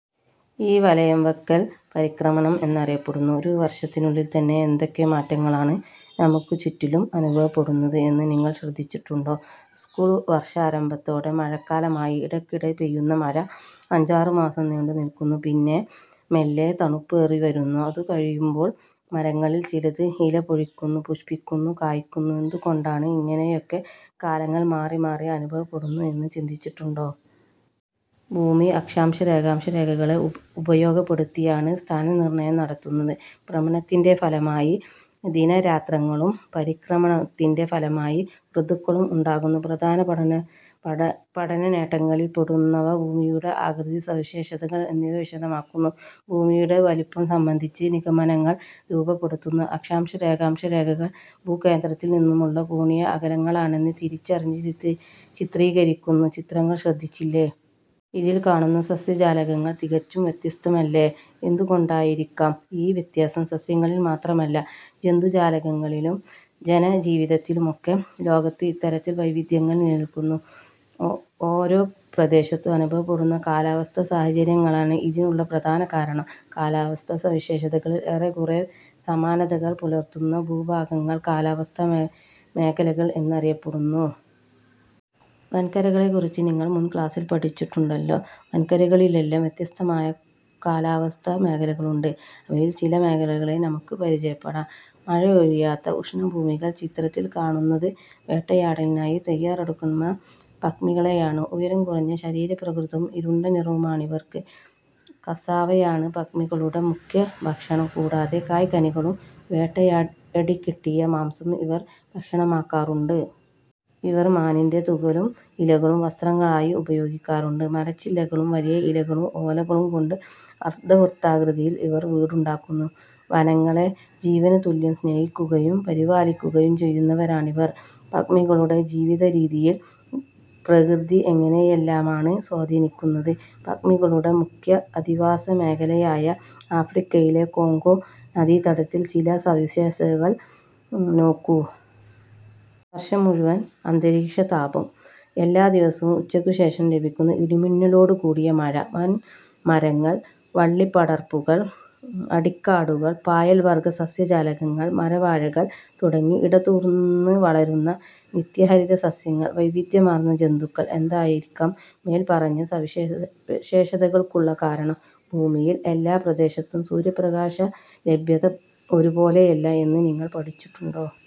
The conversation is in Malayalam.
ഈ വലംവയ്ക്കൽ പരിക്രമണം എന്ന് അറിയപ്പെടുന്നു. ഒരു വർഷത്തിനുള്ളിൽ തന്നെ എന്തൊക്കെ മാറ്റങ്ങളാണ് നമുക്കുചുറ്റിലും അനുഭവപ്പെടുന്നത് എന്ന് നിങ്ങൾ ശ്രദ്ധിച്ചിട്ടുണ്ടോ? സ്കൂൾ വർഷാരംഭത്തോടെ മഴക്കാലമായി. ഇടയ്ക്കിടെ പെയ്യുന്ന മഴ അഞ്ചാറുമാസം നീണ്ടുനിൽക്കുന്നു. പിന്നെ മെല്ലെ തണുപ്പേറിവരുന്നു. അതുകഴിയുമ്പോൾ മരങ്ങളിൽ ചിലത് ഇലപൊഴിക്കുന്നു... പുഷ്പിക്കുന്നു.... കായ്ക്കുന്നു.... എന്തുകൊണ്ടാണ് ഇങ്ങനെയൊക്കെ കാലങ്ങൾ മാറിമാറി അനുഭവപ്പെടുന്നത് എന്ന് ചിന്തിച്ചിട്ടുണ്ടോ? ഭൂമിയിൽ അക്ഷാംശ-രേഖാംശരേഖകളെ ഉപയോഗപ്പെടുത്തിയാണ് സ്ഥാനനിർണ്ണയം നടത്തുന്നത്. ഭ്രമണത്തിന്റെ ഫലമായി ദിനരാത്രങ്ങളും പരിക്രമണത്തിന്റെ ഫലമായി ഋതുക്കളും ഉണ്ടാകുന്നു. പ്രധാന പഠനനേട്ടങ്ങളിൽപ്പെടുന്നവ ഭൂമിയുടെ ആകൃതി, സവിശേഷതകൾ എന്നിവ വിശദമാക്കുന്നു. ഭൂമിയുടെ വലിപ്പം സംബന്ധിച്ച് നിഗമനങ്ങൾ രൂപപ്പെടുത്തുന്നു. അക്ഷാംശ-രേഖാംശ രേഖകൾ ഭൂകേന്ദ്രത്തിൽ നിന്നുമുള്ള കോണീയ അകലങ്ങളാണെന്ന് തിരിച്ചറിഞ്ഞ് ചിത്രീകരിക്കുന്നു ചിത്രങ്ങൾ ശ്രദ്ധിച്ചില്ലേ. ഇതിൽ കാണുന്ന സസ്യജാലങ്ങൾ തികച്ചും വ്യത്യസ്തമല്ലേ. എന്തുകൊണ്ടായിരിക്കാം ഈ വ്യത്യാസം? സസ്യങ്ങളിൽ മാത്രമല്ല, ജന്തുജാലങ്ങളിലും ജനജീവിതത്തിലുമൊക്കെ ലോകത്ത് ഇത്തരത്തിൽ വൈവിധ്യങ്ങൾ നിലനിൽക്കുന്നു. ഓരോ പ്രദേശത്തും അനുഭവപ്പെടുന്ന കാലാവസ്ഥാ സാഹചര്യങ്ങളാണ് ഇതിനുള്ള പ്രധാന കാരണം. കാലാവസ്ഥാ സവിശേഷതകളിൽ ഏറെക്കുറെ സമാനതകൾ പുലർത്തുന്ന ഭൂഭാഗങ്ങൾ കാലാവസ്ഥാ മേഖലകൾ എന്ന് അറിയപ്പെടുന്നു. വൻകരകളെക്കുറിച്ച് നിങ്ങൾ മുൻ ക്ലാസ്സിൽ പഠിച്ചിട്ടുണ്ടല്ലോ. ലോകത്തിലെ വൻകരകളിലെല്ലാം വ്യത്യസ്തമായ കാലാവസ്ഥാ മേഖലകളുണ്ട്. അവയിലെ ചില മേഖലകളെ നമുക്ക് പരിചയപ്പെടാം. മഴയൊഴിയാത്ത ഉഷ്ണഭൂമികൾ ചിത്രത്തിൽ കാണുന്നത് വേട്ടയാടലിനായി തയ്യാറെടുക്കുന്ന പിഗ്മികളെയാണ്. ഉയരം കുറഞ്ഞ ശരീരപ്രകൃതവും ഇരുണ്ട നിറവുമാണിവർക്ക്. കസാവ യാണ് പിഗ്മികളുടെ മുഖ്യ ഭക്ഷണം. കൂടാതെ കായ്കനികളും വേട്ടയാടിക്കിട്ടിയ മാംസവും ഇവർ ഭക്ഷണമാക്കാറുണ്ട്. ഇവർ മാനിന്റെ തുകലും ഇലകളും വസ്ത്രങ്ങളായി ഉപയോഗിക്കാറുണ്ട്. മരച്ചില്ലകളും വലിയ ഇലകളും ഓലകളും കൊണ്ട് അർദ്ധവൃത്താകൃതിയിൽ ഇവർ വീടുണ്ടാക്കുന്നു. വനങ്ങളെ ജീവനുതുല്യം സ്നേഹിക്കുകയും പരിപാലിക്കുകയും ചെയ്യുന്നവരാണിവർ. പിഗ്മികളുടെ ജീവിതരീതിയിൽ പ്രകൃതി എങ്ങനെയെല്ലാമാണ് സ്വാധീനിക്കുന്നത്? പിഗ്മികളുടെ മുഖ്യ അധിവാസ മേഖലയായ ആഫ്രിക്കയിലെ കോംഗോ നദീതടത്തിലെ ചില സവിശേഷതകൾ നോക്കൂ. വർഷം മുഴുവൻ ഉയർന്ന അന്തരീക്ഷതാപം, എല്ലാ ദിവസവും ഉച്ചയ്ക്കുശേഷം ലഭിക്കുന്ന ഇടിമിന്നലോടുകൂടിയ മഴ. വൻമരങ്ങൾ, വള്ളിപ്പടർപ്പുകൾ, അടിക്കാടുകൾ, പായൽ വർഗ്ഗ സസ്യജാലങ്ങൾ, മരവാഴകൾ തുടങ്ങി ഇടതൂർന്ന് വളരുന്ന നിത്യഹരിത സസ്യങ്ങൾ. വൈവിധ്യമാർന്ന ജന്തുക്കൾ. എന്തായിരിക്കാം മേൽപ്പറഞ്ഞ സവിശേഷതകൾക്കുള്ള കാരണം? ഭൂമിയിൽ എല്ലാ പ്രദേശത്തും സൂര്യപ്രകാശലഭ്യത ഒരു പോലെയല്ല എന്ന് നിങ്ങൾ പഠിച്ചിട്ടുണ്ടല്ലോ.